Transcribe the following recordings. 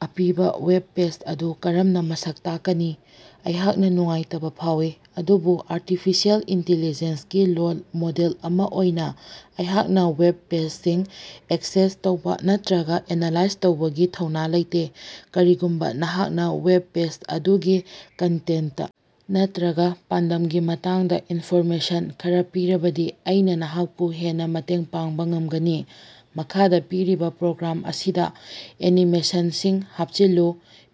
ꯑꯄꯤꯕ web page ꯑꯗꯨ ꯀꯔꯝꯅ ꯃꯁꯛ ꯇꯥꯛꯀꯅꯤ? ꯑꯩꯍꯥꯛꯅ ꯅꯨꯡꯉꯥꯏꯇꯕ ꯐꯥꯎꯏ, ꯑꯗꯨꯕꯨ ꯑꯥꯔꯇꯤꯐꯤꯁꯤꯑꯦꯜ ꯏꯟꯇꯦꯂꯤꯖꯦꯟꯁꯒꯤ ꯂꯣꯜ ꯃꯣꯗꯦꯜ ꯑꯃ ꯑꯣꯏꯅ ꯑꯩꯍꯥꯛꯅ ꯋꯦꯕ ꯄꯦꯖꯁꯤꯡ ꯑꯦꯛꯁꯦꯁ ꯇꯧꯕ ꯅꯠꯇ꯭ꯔꯒ ꯑꯦꯅꯥꯂꯥꯏꯖ ꯇꯧꯕꯒꯤ ꯊꯧꯅꯥ ꯂꯩꯇꯦ꯫ ꯀꯔꯤꯒꯨꯝꯕ ꯅꯍꯥꯛꯅ ꯋꯦꯕ ꯄꯦꯖ ꯑꯗꯨꯒꯤ ꯀꯟꯇꯦꯟꯇ ꯅꯠꯇ꯭ꯔꯒ ꯄꯥꯟꯗꯝꯒꯤ ꯃꯇꯥꯡꯗ ꯏꯟꯐꯣꯔꯃꯦꯁꯟ ꯈꯔ ꯄꯤꯔꯕꯗꯤ ꯑꯩꯅ ꯅꯍꯥꯛꯄꯨ ꯍꯦꯟꯅ ꯃꯇꯦꯡ ꯄꯥꯡꯕ ꯉꯝꯒꯅꯤ꯫ ꯃꯈꯥꯗ ꯄꯤꯔꯤꯕ ꯄ꯭ꯔꯣꯒ꯭ꯔꯥꯝ ꯑꯁꯤꯗ ꯑꯦꯅꯤꯃꯦꯁꯟꯁꯤꯡ ꯍꯥꯞꯆꯤꯜꯂꯨ꯫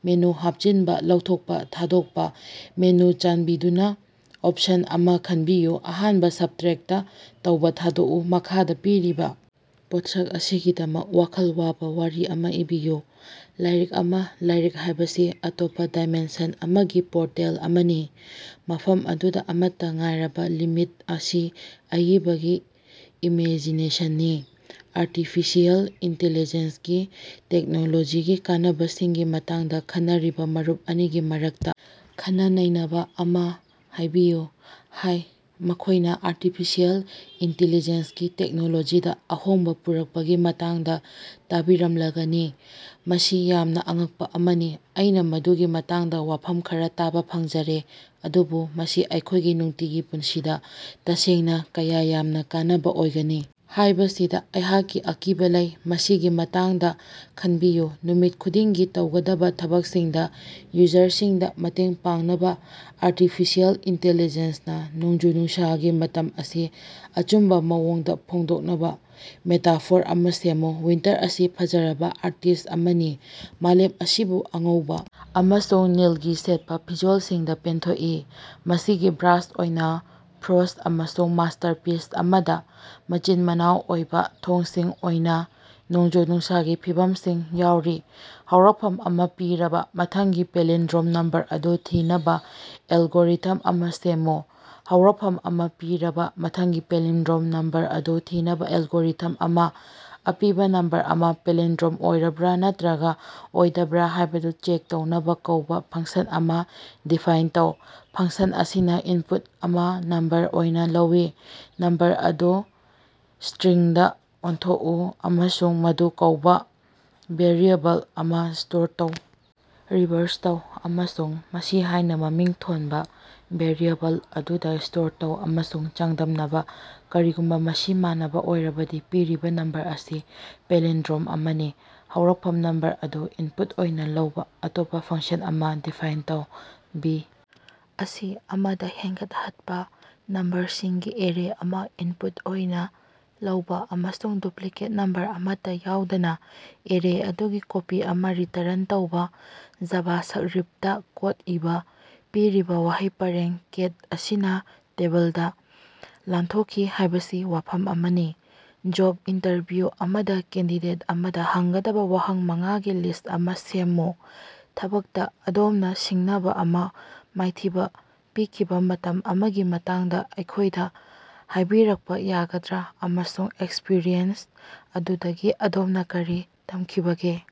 ꯃꯦꯅꯨ ꯍꯥꯞꯆꯤꯟꯕ, ꯂꯧꯊꯣꯛꯄ, ꯊꯥꯗꯣꯛꯄ꯫ ꯃꯦꯅꯨ ꯆꯥꯟꯕꯤꯗꯨꯅ ꯑꯣꯞꯁꯟ ꯑꯃ ꯈꯠꯕꯤꯌꯨ ꯑꯍꯥꯟꯕ ꯁꯕꯇ꯭ꯔꯦꯛꯇ ꯇꯧꯕ ꯊꯥꯗꯣꯛꯎ꯫ ꯃꯈꯥꯗ ꯄꯤꯔꯤꯕ ꯄꯣꯠꯁꯛ ꯑꯁꯤꯒꯤꯗꯃꯛ ꯋꯥꯈꯜ ꯋꯥꯕ ꯋꯥꯔꯤ ꯑꯃ ꯏꯕꯤꯌꯨ꯫ ꯂꯥꯏꯔꯤꯛ ꯑꯃ꯫ ꯂꯥꯏꯔꯤꯛ ꯍꯥꯏꯕꯁꯤ ꯑꯇꯣꯞꯄ ꯗꯥꯏꯃꯦꯟꯁꯟ ꯑꯃꯒꯤ ꯄꯣꯔꯇꯦꯜ ꯑꯃꯅꯤ, ꯃꯐꯝ ꯑꯗꯨꯗ ꯑꯃꯠꯇ ꯉꯥꯏꯔꯕ ꯂꯤꯃꯤꯠ ꯑꯁꯤ ꯑꯏꯕꯒꯤ ꯏꯃꯦꯖꯤꯅꯦꯁꯟꯅꯤ꯫ ꯑꯥꯔꯇꯤꯐꯤꯁꯤꯑꯦꯜ ꯏꯟꯇꯦꯂꯤꯖꯦꯟꯁꯒꯤ ꯇꯦꯛꯅꯣꯂꯣꯖꯤꯒꯤ ꯀꯥꯟꯅꯕꯁꯤꯡꯒꯤ ꯃꯇꯥꯡꯗ ꯈꯟꯅꯔꯤꯕ ꯃꯔꯨꯞ ꯑꯅꯤꯒꯤ ꯃꯔꯛꯇ ꯈꯟꯅ-ꯅꯩꯅꯕ ꯑꯃ ꯍꯥꯏꯕꯤꯌꯨ꯫ ꯍꯥꯏ ꯃꯈꯣꯏꯅ ꯑꯥꯔꯇꯤꯐꯤꯁꯤꯑꯦꯜ ꯏꯟꯇꯦꯂꯤꯖꯦꯟꯁꯒꯤ ꯇꯦꯛꯅꯣꯂꯣꯖꯤꯗ ꯑꯍꯣꯡꯕ ꯄꯨꯔꯛꯄꯒꯤ ꯃꯇꯥꯡꯗ ꯇꯥꯕꯤꯔꯝꯂꯒꯅꯤ꯫ ꯃꯁꯤ ꯌꯥꯝꯅ ꯑꯉꯛꯄ ꯑꯃꯅꯤ꯫ ꯑꯩꯅ ꯃꯗꯨꯒꯤ ꯃꯇꯥꯡꯗ ꯋꯥꯐꯝ ꯈꯔ ꯇꯥꯕ ꯐꯪꯖꯔꯦ꯫ ꯑꯗꯨꯕꯨ ꯃꯁꯤ ꯑꯩꯈꯣꯏꯒꯤ ꯅꯨꯡꯇꯤꯒꯤ ꯄꯨꯟꯁꯤꯗ ꯇꯁꯦꯡꯅ ꯀꯌꯥ ꯌꯥꯝꯅ ꯀꯥꯟꯅꯕ ꯑꯣꯏꯒꯅꯤ ꯍꯥꯏꯕꯁꯤꯗ ꯑꯩꯍꯥꯛꯀꯤ ꯑꯀꯤꯕ ꯂꯩ꯫ ꯃꯁꯤꯒꯤ ꯃꯇꯥꯡꯗ ꯈꯟꯕꯤꯌꯨ꯫ ꯅꯨꯃꯤꯠ ꯈꯨꯗꯤꯡꯒꯤ ꯇꯧꯒꯗꯕ ꯊꯕꯛꯁꯤꯡꯗ ꯌꯨꯖꯔꯁꯤꯡꯗ ꯃꯇꯦꯡ ꯄꯥꯡꯅꯕ ꯑꯥꯔꯇꯤꯐꯤꯁꯤꯑꯦꯜ ꯏꯟꯇꯦꯂꯤꯖꯦꯟꯁꯅ ꯅꯣꯡꯖꯨ-ꯅꯨꯡꯁꯥꯒꯤ ꯃꯇꯝ ꯑꯁꯤ ꯑꯆꯨꯝꯕ ꯃꯑꯣꯡꯗ ꯐꯣꯡꯗꯣꯛꯅꯕ ꯃꯦꯇꯥꯐꯣꯔ ꯑꯃ ꯁꯦꯝꯃꯨ꯫ ꯋꯤꯟꯇꯔ ꯑꯁꯤ ꯐꯖꯔꯕ ꯑꯥꯔꯇꯤꯁ꯭ꯠ ꯑꯃꯅꯤ꯫ ꯃꯥꯂꯦꯝ ꯑꯁꯤꯕꯨ ꯑꯉꯧꯕ ꯑꯃꯁꯨꯡ ꯅꯤꯜꯒꯤ ꯁꯦꯠꯄ ꯐꯤꯖꯣꯜꯁꯤꯡꯗ ꯄꯦꯟꯊꯣꯛꯏ, ꯃꯁꯤꯒꯤ ꯕ꯭ꯔꯥꯁ ꯑꯣꯏꯅ ꯐ꯭ꯔꯣꯁ꯭ꯠ ꯑꯃꯁꯨꯡ ꯃꯥꯁꯇꯔꯄꯤꯁ ꯑꯃꯗ ꯃꯆꯤꯟ-ꯃꯅꯥꯎ ꯑꯣꯏꯕ ꯊꯣꯡꯁꯤꯡ ꯑꯣꯏꯅ ꯅꯣꯡꯖꯨ-ꯅꯨꯡꯁꯥꯒꯤ ꯐꯤꯚꯝꯁꯤꯡ ꯌꯥꯎꯔꯤ꯫ ꯍꯧꯔꯛꯐꯝ ꯑꯃ ꯄꯤꯔꯕ ꯃꯊꯪꯒꯤ ꯄꯦꯂꯤꯟꯗ꯭ꯔꯣꯝ ꯅꯝꯕꯔ ꯑꯗꯨ ꯊꯤꯅꯕ ꯑꯦꯜꯒꯣꯔꯤꯊꯝ ꯑꯃ ꯁꯦꯝꯃꯨ꯫ ꯍꯧꯔꯛꯐꯝ ꯑꯃ ꯄꯤꯔꯕ ꯃꯊꯪꯒꯤ ꯄꯦꯂꯤꯟꯗ꯭ꯔꯣꯝ ꯅꯝꯕꯔ ꯑꯗꯨ ꯊꯤꯅꯕ ꯑꯦꯜꯒꯣꯔꯤꯊꯝ ꯑꯃ ꯑꯄꯤꯕ ꯅꯝꯕꯔ ꯑꯃ ꯄꯦꯂꯤꯟꯗ꯭ꯔꯣꯝ ꯑꯣꯏꯔꯕꯔ ꯅꯠꯇ꯭ꯔꯒ ꯑꯣꯏꯗꯕꯔ ꯍꯥꯏꯕꯗꯨ ꯆꯦꯛ ꯇꯧꯅꯕ ꯀꯧꯕ ꯐꯪꯁꯟ ꯑꯃ ꯗꯤꯐꯥꯏꯟ ꯇꯧ꯫ ꯐꯪꯁꯟ ꯑꯁꯤꯅ ꯏꯟꯄꯨꯠ ꯑꯃ ꯅꯝꯕꯔ ꯑꯣꯏꯅ ꯂꯧꯏ꯫ ꯅꯝꯕꯔ ꯑꯗꯨ ꯁ꯭ꯇꯔꯤꯡꯗ ꯑꯣꯟꯊꯣꯛꯎ ꯑꯃꯁꯨꯡ ꯃꯗꯨ ꯀꯧꯕ ꯚꯦꯔꯤꯑꯦꯕꯜ ꯑꯃꯗ ꯁ꯭ꯇꯣꯔ ꯇꯧ꯫. ꯔꯤꯚꯔꯁ ꯇꯧ ꯑꯃꯁꯨꯡ ꯃꯁꯤ ꯍꯥꯏꯅ ꯃꯃꯤꯡ ꯊꯣꯟꯕ ꯚꯦꯔꯤꯑꯦꯕꯜ ꯑꯗꯨꯗ ꯁ꯭ꯇꯣꯔ ꯇꯧ ꯑꯃꯁꯨꯡ ꯆꯥꯡꯗꯝꯅꯕ, ꯀꯔꯤꯒꯨꯝꯕ ꯃꯁꯤ ꯃꯥꯟꯅꯕ ꯑꯣꯏꯔꯕꯗꯤ ꯄꯤꯔꯤꯕ ꯅꯝꯕꯔ ꯑꯁꯤ ꯄꯦꯂꯤꯟꯗ꯭ꯔꯣꯝ ꯑꯃꯅꯤ꯫ ꯍꯧꯔꯛꯐꯝ ꯅꯝꯕꯔ ꯑꯗꯨ ꯏꯟꯄꯨꯠ ꯑꯣꯏꯅ ꯂꯧꯕ ꯑꯇꯣꯞꯄ ꯐꯪꯁꯟ ꯑꯃ ꯗꯤꯐꯥꯏꯟ ꯇꯧ꯫ ꯕꯤ. ꯑꯁꯤ ꯑꯃꯗ ꯍꯦꯟꯒꯠꯍꯠꯕ꯫ ꯅꯝꯕꯔꯁꯤꯡꯒꯤ ꯑꯦꯔꯦ ꯑꯃ ꯏꯟꯄꯨꯠ ꯑꯣꯏꯅ ꯂꯧꯕ ꯑꯃꯁꯨꯡ ꯗꯨꯄ꯭ꯂꯤꯀꯦꯠ ꯅꯝꯕꯔ ꯑꯃꯠꯇ ꯌꯥꯎꯗꯅ ꯑꯦꯔꯦ ꯑꯗꯨꯒꯤ ꯀꯣꯄꯤ ꯑꯃ ꯔꯤꯇꯔꯟ ꯇꯧꯕ ꯖꯥꯚꯥꯁꯛꯔꯤꯞꯇ ꯀꯣꯗ ꯏꯕ꯫ ꯄꯤꯔꯤꯕ ꯋꯥꯍꯩ ꯄꯔꯦꯡ "ꯀꯦꯠ ꯑꯁꯤꯅ ꯇꯦꯕꯜꯗ ꯂꯥꯟꯊꯣꯛꯈꯤ" ꯍꯥꯢꯕꯁꯤ ꯋꯥꯐꯝ ꯑꯃꯅꯤ꯫ ꯖꯣꯕ ꯏꯟꯇꯔꯚ꯭ꯌꯨ ꯑꯃꯗ ꯀꯦꯟꯗꯤꯗꯦꯠ ꯑꯃꯗ ꯍꯪꯒꯗꯕ ꯋꯥꯍꯪ ꯃꯉꯥꯒꯤ ꯂꯤꯁ꯭ꯠ ꯑꯃ ꯁꯦꯝꯃꯨ꯫ ꯊꯕꯛꯇ ꯑꯗꯣꯝꯅ ꯁꯤꯡꯅꯕ ꯑꯃ ꯃꯥꯏꯊꯤꯕ ꯄꯤꯈꯤꯕ ꯃꯇꯝ ꯑꯃꯒꯤ ꯃꯇꯥꯡꯗ ꯑꯩꯈꯣꯏꯗ ꯍꯥꯏꯕꯤꯔꯛꯄ ꯌꯥꯒꯗ꯭ꯔꯥ, ꯑꯃꯁꯨꯡ ꯑꯦꯛꯁꯄꯔꯤꯌꯦꯟꯁ ꯑꯗꯨꯗꯒꯤ ꯑꯗꯣꯝꯅ ꯀꯔꯤ ꯇꯝꯈꯤꯕꯒꯦ?